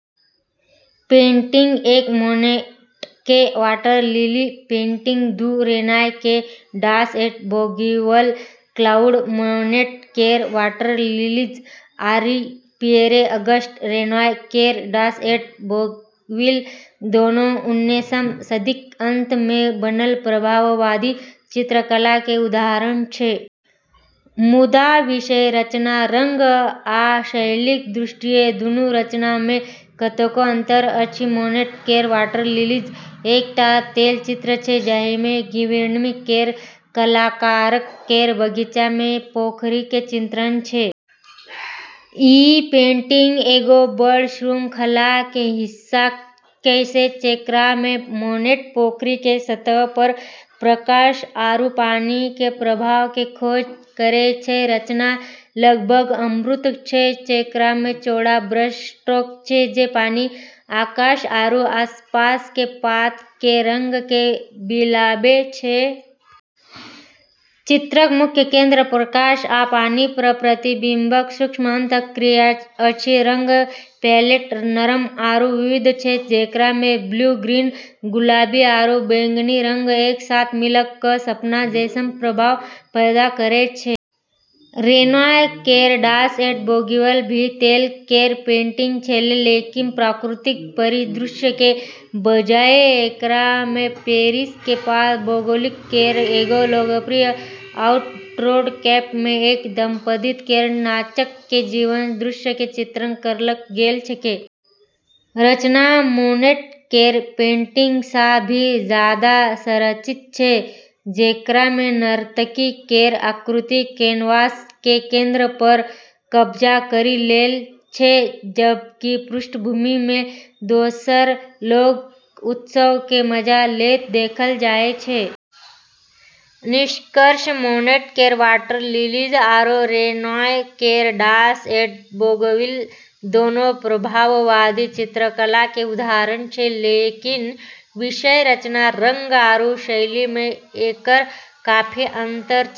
Painting एक: Monet के "water lily" painting दू: रेनॉय के "dance eight Bougival" Claude Monet केर "वाटर लिलीज" आरू पियरे-अगस्ट रेनॉय केर "डांस एट बौगिवल" दोनों उन्नैसम सदीक अंत मे बनल प्रभाववादी चित्रकला के उदाहरण छै। मुदा विषय, रचना, रंग आ शैलीक दृष्टिएँ दुनू रचना मे कतेको अंतर अछि। मोनेट केर "वाटर लिलीज" एक टा तेल चित्र छै जाहिमे गिवेर्नी केर कलाकार केर बगीचा मे पोखरी के चित्रण छै। ई पेंटिंग एगो बड़ श्रृंखला के हिस्सा छेकै, जेकरा मे मोनेट पोखरी के सतह पर प्रकाश आरू पानी के प्रभाव के खोज करै छै। रचना लगभग अमूर्त छै, जेकरा मे चौड़ा ब्रश स्ट्रोक छै जे पानी, आकाश आरू आसपास के पात के रंग के मिलाबै छै। चित्रक मुख्य केंद्र प्रकाश आ पानि पर प्रतिबिंबक सूक्ष्म अंतःक्रिया अछि। रंग पैलेट नरम आरू विविध छै, जेकरा मे ब्लू, ग्रीन, गुलाबी आरू बैंगनी रंग एक साथ मिल कऽ सपना जैसन प्रभाव पैदा करै छै। रेनॉय केर "डांस एट बौगिवल" भी तेल केर पेंटिंग छेकै, लेकिन प्राकृतिक परिदृश्य के बजाय, एकरा मे पेरिस के पास बौगिवल केर एगो लोकप्रिय आउटडोर कैफे मे एक दंपति केर नाचय के जीवंत दृश्य के चित्रण करल गेल छै। रचना मोनेट केर पेंटिंग सँ भी जादा संरचित छै, जेकरा मे नर्तकी केर आकृति कैनवास के केंद्र पर कब्जा करी लेल छै, जबकि पृष्ठभूमि मे दोसर लोग कऽ उत्सव के मजा लेत देखल जाय छै। निष्कर्षतः मोनेट केर "वाटर लिलीज" आरू रेनॉय केर "डांस एट बौगिवल" दोनों प्रभाववादी चित्रकला के उदाहरण छै, लेकिन विषय, रचना, रंग आरू शैली में एकर काफी अंतर छै।